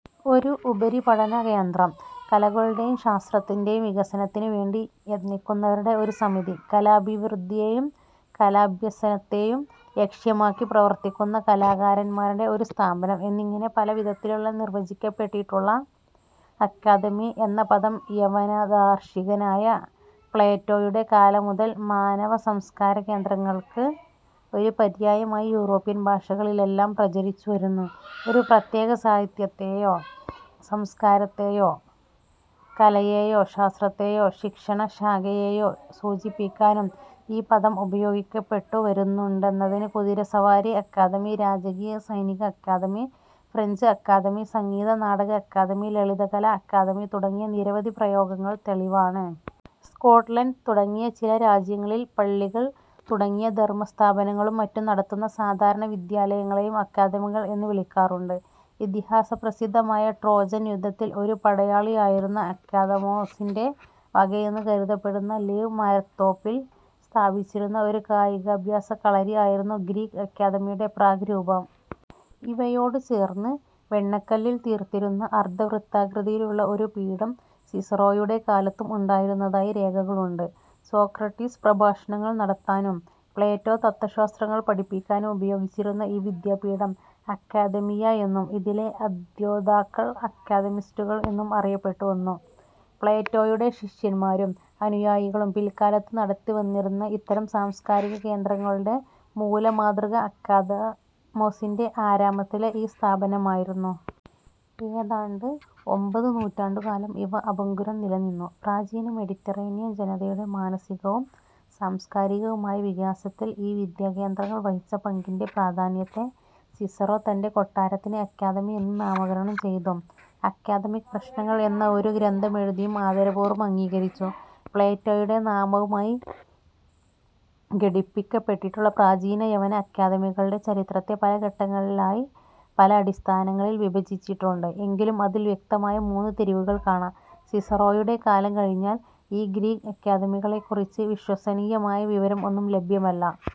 ഒരു ഉപരിപഠനകേന്ദ്രം, കലകളുടെയും ശാസ്ത്രത്തിന്റെയും വികസനത്തിനുവേണ്ടി യത്നിക്കുന്നവരുടെ ഒരു സമിതി, കലാഭിവൃദ്ധിയേയും കലാഭ്യസനത്തേയും ലക്ഷ്യമാക്കി പ്രവർത്തിക്കുന്ന കലാകാരന്മാരുടെ ഒരു സ്ഥാപനം എന്നിങ്ങനെ പല വിധത്തിൽ നിർവചിക്കപ്പെട്ടിട്ടുള്ള അക്കാദമി എന്ന പദം യവനദാർശനികനായ പ്ളേറ്റോയുടെ കാലം മുതൽ മാനവസംസ്കാരകേന്ദ്രങ്ങൾക്ക് ഒരു പര്യായമായി യൂറോപ്യൻ ഭാഷകളിലെല്ലാം പ്രചരിച്ചുവരുന്നു. ഒരു പ്രത്യേക സാഹിത്യത്തെയോ സംസ്കാരത്തെയോ കലയെയോ ശാസ്ത്രത്തെയോ ശിക്ഷണശാഖയെയോ സൂചിപ്പിക്കാനും ഈ പദം ഉപയോഗിക്കപ്പെട്ടുവരുന്നുണ്ടെന്നതിന് കുതിരസവാരി അക്കാദമി, രാജകീയ സൈനിക അക്കാദമി, ഫ്രഞ്ച് അക്കാദമി, സംഗീതനാടക അക്കാദമി, ലളിതകലാ അക്കാദമി തുടങ്ങിയ നിരവധി പ്രയോഗങ്ങൾ തെളിവാണ്. സ്കോട് ലൻഡ് തുടങ്ങിയ ചില രാജ്യങ്ങളിൽ പള്ളികൾ തുടങ്ങിയ ധർമസ്ഥാപനങ്ങളും മറ്റും നടത്തുന്ന സാധാരണ വിദ്യാലയങ്ങളേയും അക്കാദമികൾ എന്നു വിളിക്കാറുണ്ട്. ഇതിഹാസ പ്രസിദ്ധമായ ട്രോജൻ യുദ്ധത്തിൽ ഒരു പടയാളിയായിരുന്ന അക്കാദമോ സിന്റെ വകയെന്ന് കരുതപ്പെടുന്ന ലീവ് മരത്തോപ്പിൽ സ്ഥാപിച്ചിരുന്ന ഒരു കായികാഭ്യാസക്കളരി ആയിരുന്നു ഗ്രീക് അക്കാദമിയുടെ പ്രാഗ് രൂപം. ഇവയോടു ചേർന്ന് വെണ്ണക്കല്ലിൽ തീർത്തിരുന്ന അർധവൃത്താകൃതിയിലുള്ള ഒരു പീഠം സിസറോയുടെ കാലത്തും ഉണ്ടായിരുന്നതായി രേഖകളുണ്ട്. സോക്രട്ടീസ് പ്രഭാഷണങ്ങൾ നടത്താനും പ്ലേറ്റോ തത്ത്വശാസ്ത്രങ്ങൾ പഠിപ്പിക്കാനും ഉപയോഗിച്ചിരുന്ന ഈ വിദ്യാപീഠം അക്കാദെമിയ എന്നും, ഇതിലെ അധ്യേതാക്കൾ അക്കാദെമിസ്റ്റുകൾ എന്നും അറിയപ്പെട്ടുവന്നു. പ്ലേറ്റോയുടെ ശിഷ്യന്മാരും അനുയായികളും പിൽക്കാലത്ത് നടത്തിവന്നിരുന്ന ഇത്തരം സാംസ്കാരിക കേന്ദ്രങ്ങളുടെ മൂലമാതൃക അക്കാദമോസിന്റെ ആരാമത്തിലെ ഈ സ്ഥാപനമായിരുന്നു. ഏതാണ്ട് ഒമ്പതു നൂറ്റാണ്ടുകാലം ഇവ അഭംഗുരം നിലനിന്നു. പ്രാചീന മെഡിറ്ററേനിയൻ ജനതയുടെ മാനസികവും സാംസ്കാരികവുമായ വികാസത്തിൽ ഈ വിദ്യാകേന്ദ്രങ്ങൾ വഹിച്ച പങ്കിന്റെ പ്രാധാന്യത്തെ, സിസറോ തന്റെ കൊട്ടാരത്തിന് അക്കാദമി എന്ന് നാമകരണം ചെയ്തും, അക്കാദമിക് പ്രശ്നങ്ങൾ എന്ന ഒരു ഗ്രന്ഥമെഴുതിയും ആദരപൂർവം അംഗീകരിച്ചു. പ്ലേറ്റോയുടെ നാമവുമായി ഘടിപ്പിക്കപ്പെട്ടിട്ടുള്ള പ്രാചീന യവന അക്കാദമികളുടെ ചരിത്രത്തെ പല ഘട്ടങ്ങളിലായി പല അടിസ്ഥാനങ്ങളിൽ വിഭജിച്ചിട്ടുണ്ട്; എങ്കിലും അതിൽ വ്യക്തമായ മൂന്നു തിരിവുകൾ കാണാം:- സിസറോയുടെ കാലം കഴിഞ്ഞാൽ ഈ ഗ്രീക് അക്കാദമികളെക്കുറിച്ചു വിശ്വസനീയമായ വിവരം ഒന്നും ലഭ്യമല്ല.